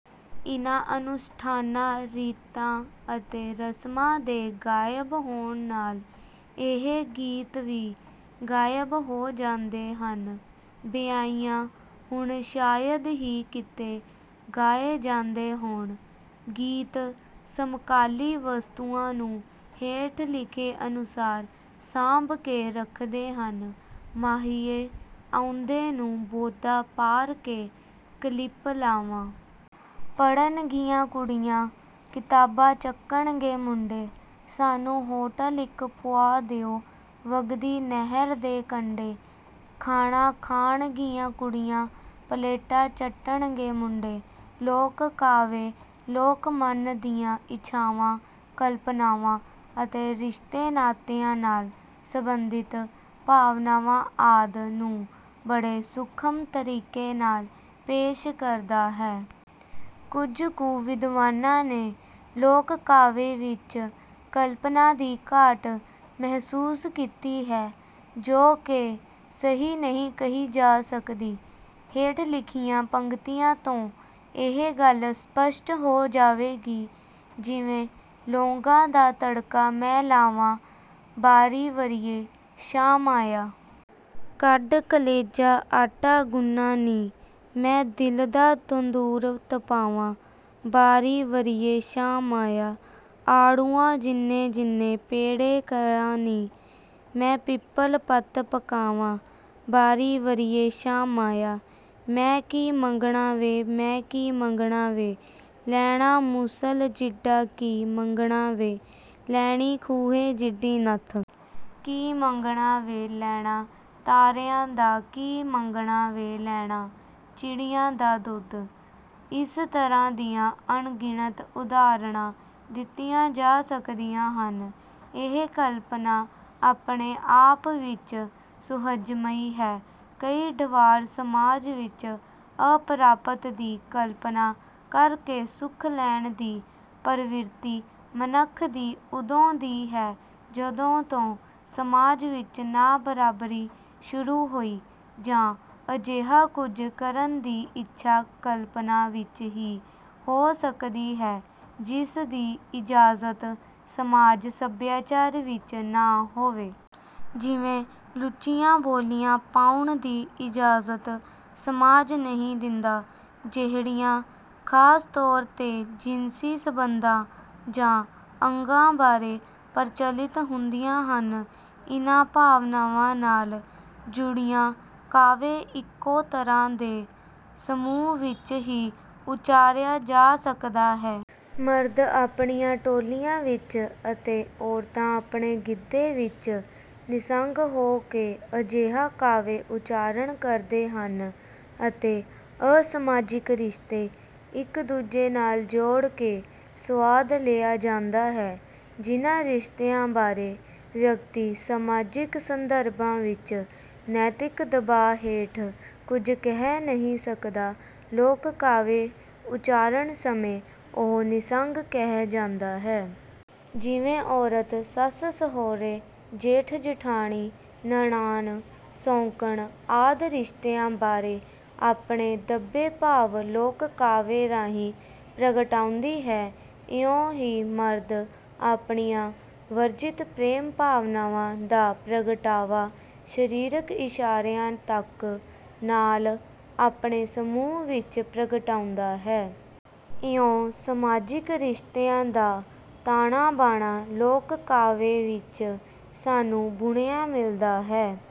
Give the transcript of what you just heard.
ਇਨ੍ਹਾਂ ਅਨੁਸ਼ਠਾਨਾਂ, ਰੀਤਾਂ ਅਤੇ ਰਸਮਾਂ ਦੇ ਗਾਇਬ ਹੋਣ ਨਾਲ਼ ਇਹ ਗੀਤ ਵੀ ਗਾਇਬ ਹੋ ਜਾਂਦੇ ਹਨ। ਬਿਆ੍ਹਈਆਂ ਹੁਣ ਸ਼ਾਇਦ ਹੀ ਕਿਤੇ ਗਾਏ ਜਾਂਦੇ ਹੋਣ। ਗੀਤ ਸਮਕਾਲੀ ਵਸਤੂਆਂ ਨੂੰ ਹੇਠ ਲਿਖੇ ਅਨੁਸਾਰ ਸਾਂਭ ਕੇ ਰੱਖਦੇ ਹਨ, ਮਾਹੀਏ ਆਉਂਦੇ ਨੂੰ ਬੋਦਾ ਪ੍ਹਾਰ ਕੇ ਕਲਿੱਪ ਲਾਵਾਂ। ਪੜ੍ਹਨਗੀਆਂ ਕੁੜੀਆਂ ਕਿਤਾਬਾਂ ਚੱਕਣਗੇ ਮੁੰਡੇ। ਸਾਨੂੰ ਹੋਟਲ ਇੱਕ ਪੁਆ ਦਿਉ ਵਗਦੀ ਨਹਿਰ ਦੇ ਕੰਢੇ। ਖਾਣਾ ਖਾਣਗੀਆਂ ਕੁੜੀਆਂ ਪਲੇਟਾਂ ਚੱਟਣਗੇ ਮੁੰਡੇ। ਲੋਕ ਕਾਵਿ, ਲੋਕ ਮਨ ਦੀਆਂ ਇੱਛਾਵਾਂ, ਕਲਪਨਾਵਾਂ ਅਤੇ ਰਿਸ਼ਤੇ ਨਾਤਿਆਂ ਨਾਲ਼ ਸੰਬੰਧਿਤ ਭਾਵਨਾਵਾਂ ਆਦਿ ਨੂੰ ਬੜੇ ਸੂਖਮ ਤਰੀਕੇ ਨਾਲ਼ ਪੇਸ਼ ਕਰਦਾ ਹੈ। ਕੁਝ ਕੁ ਵਿਦਵਾਨਾਂ ਨੇ ਲੋਕ ਕਾਵਿ ਵਿੱਚ ਕਲਪਨਾ ਦੀ ਘਾਟ ਮਹਿਸੂਸ ਕੀਤੀ ਹੈ ਜੋ ਕਿ ਸਹੀ ਨਹੀਂ ਕਹੀ ਜਾ ਸਕਦੀ। ਹੇਠ ਲਿਖੀਆਂ ਪੰਗਤੀਆਂ ਤੋਂ ਇਹ ਗੱਲ ਸਪੱਸ਼ਟ ਹੋ ਜਾਵੇਗੀ। ਜਿਵੇਂ, ਲੌਂਗਾਂ ਦਾ ਤੜਕਾ ਮੈਂ ਲਾਵਾਂ ਬਾਰੀਂ ਵਰੀਏਂ ਸ਼ਾਮ ਆਇਆ। ਕੱਢ ਕਲ਼ੇਜਾ ਆਟਾ ਗੁਨ੍ਹਾਂ ਨੀ ਮੈਂ ਦਿਲ ਦਾ ਤੰਦੂਰ ਤਪਾਵਾਂ ਬਾਰੀਂ ਵਰੀਏਂ ਸ਼ਾਮ ਆਇਆ। ਆੜੂਆਂ ਜਿੰਨੇ ਜਿੰਨੇ ਪੇੜੇ ਕਰਾਂ ਨੀ ਮੈਂ ਪਿਪਲ਼ ਪੱਤ ਪਕਾਵਾਂ ਬਾਰੀਂ ਵਰੀਏਂ ਸ਼ਾਮ ਆਇਆ। ਮੈਂ ਕੀ ਮੰਗਣਾ ਵੇ ਮੈਂ ਕੀ ਮੰਗਣਾ ਵੇ ਲੈਣਾ ਮੂਸਲ ਜਿੱਡਾ ਕੀ ਮੰਗਣਾ ਵੇ ਲੈਣੀ ਖੂਹੇ ਜਿੱਡੀ ਨੱਥ। ਕੀ ਮੰਗਣਾ ਵੇ ਲੈਣਾ ਤਾਰਿਆਂ ਦਾ ਕੀ ਮੰਗਣਾ ਵੇ ਲੈਣਾ ਚਿੜੀਆਂ ਦਾ ਦੁੱਧ। ਇਸ ਤਰ੍ਹਾਂ ਦੀਆਂ ਅਣਗਿਣਤ ਉਦਾਹਰਣਾਂ ਦਿੱਤੀਆਂ ਜਾ ਸਕਦੀਆਂ ਹਨ। ਇਹ ਕਲਪਨਾ ਆਪਣੇ ਆਪ ਵਿੱਚ ਸੁਹਜਮਈ ਹੈ। ਕਈ ਡਵਾਰ ਸਮਾਜ ਵਿੱਚ ਅਪ੍ਰਾਪਤ ਦੀ ਕਲਪਨਾ ਕਰਕੇ ਸੁਖ ਲੈਣ ਦੀ ਪ੍ਰਵਿਰਤੀ ਮਨੱਖ ਦੀ ਉਦੋਂ ਦੀ ਹੈ ਜਦੋਂ ਤੋਂ ਸਮਾਜ ਵਿੱਚ ਨਾਬਰਾਬਰੀ ਸ਼ੁਰੂ ਹੋਈ ਜਾਂ ਅਜਿਹਾ ਕੁਝ ਕਰਨ ਦੀ ਇੱਛਾ ਕਲਪਨਾ ਵਿੱਚ ਹੀ ਹੋ ਸਕਦੀ ਹੈ ਜਿਸਦੀ ਇਜਾਜ਼ਤ ਸਮਾਜ-ਸਭਿਆਚਾਰ ਵਿੱਚ ਨਾਂ ਹੋਵੇ। ਜਿਵੇਂ ਲੁੱਚੀਆਂ ਬੋਲੀਆਂ ਪਾਉਣ ਦੀ ਇਜਾਜ਼ਤ ਸਮਾਜ ਨਹੀਂ ਦਿੰਦਾ ਜਿਹੜੀਆਂ ਖਾਸ ਤੌਰ ਤੇ ਜਿਨਸੀ ਸੰਬੰਧਾਂ ਜਾਂ ਅੰਗਾਂ ਬਾਰੇ ਪ੍ਰਚਲਿਤ ਹੁੰਦੀਆਂ ਹਨ। ਇਨ੍ਹਾਂ ਭਾਵਨਾਵਾਂ ਨਾਲ਼ ਜੁੜਿਆ ਕਾਵਿ ਇੱਕੋ ਤਰ੍ਹਾਂ ਦੇ ਸਮੂਹ ਵਿੱਚ ਹੀ ਉਚਾਰਿਆ ਜਾ ਸਕਦਾ ਹੈ। ਮਰਦ ਆਪਣੀਆਂ ਟੋਲੀਆਂ ਵਿੱਚ ਅਤੇ ਔਰਤਾਂ ਆਪਣੇ ਗਿੱਧੇ ਵਿੱਚ ਨਿਸੰਗ ਹੋ ਕੇ ਅਜਿਹਾ ਕਾਵਿ ਉਚਾਰਣ ਕਰਦੇ ਹਨ ਅਤੇ ਅਸਮਾਜਿਕ ਰਿਸ਼ਤੇ ਇੱਕ ਦੂਜੇ ਨਾਲ਼ ਜੋੜ ਕੇ ਸੁਆਦ ਲਿਆ ਜਾਂਦਾ ਹੈ। ਜਿਨ੍ਹਾਂ ਰਿਸ਼ਤਿਆਂ ਬਾਰੇ ਵਿਅਕਤੀ ਸਮਾਜਿਕ ਸੰਦਰਭਾਂ ਵਿੱਚ ਨੈਤਿਕ ਦਬਾਅ ਹੇਠ ਕੁਝ ਕਹਿ ਨਹੀਂ ਸਕਦਾ, ਲੋਕ ਕਾਵਿ ਉਚਾਰਣ ਸਮੇਂ ਉਹ ਨਿਸੰਗ ਕਹਿ ਜਾਂਦਾ ਹੈ। ਜਿਵੇਂ ਔਰਤ ਸੱਸ-ਸਹੁਰੇ, ਜੇਠ-ਜਿਠਾਣੀ, ਨਣਾਨ, ਸੌਕਣ ਆਦਿ ਰਿਸ਼ਤਿਆਂ ਬਾਰੇ ਆਪਣੇ ਦੱਬੇ ਭਾਵ ਲੋਕ ਕਾਵਿ ਰਾਹੀਂ ਪ੍ਰਗਟਾਉਂਦੀ ਹੈ। ਇਉਂ ਹੀ ਮਰਦ ਆਪਣੀਆਂ ਵਰਜਿਤ ਪ੍ਰੇਮ ਭਾਵਨਾਵਾਂ ਦਾ ਪ੍ਰਗਟਾਵਾ ਸਰੀਰਕ ਇਸ਼ਾਰਿਆਂ ਤਕ ਨਾਲ਼ ਆਪਣੇ ਸਮੂਹ ਵਿੱਚ ਪ੍ਰਗਟਾਉਂਦਾ ਹੈ। ਇਉਂ ਸਮਾਜਿਕ ਰਿਸ਼ਤਿਆਂ ਦਾ ਤਾਣਾ ਬਾਣਾ ਲੋਕ ਕਾਵਿ ਵਿੱਚ ਸਾਨੂੰ ਬੁਣਿਆਂ ਮਿਲ਼ਦਾ ਹੈ।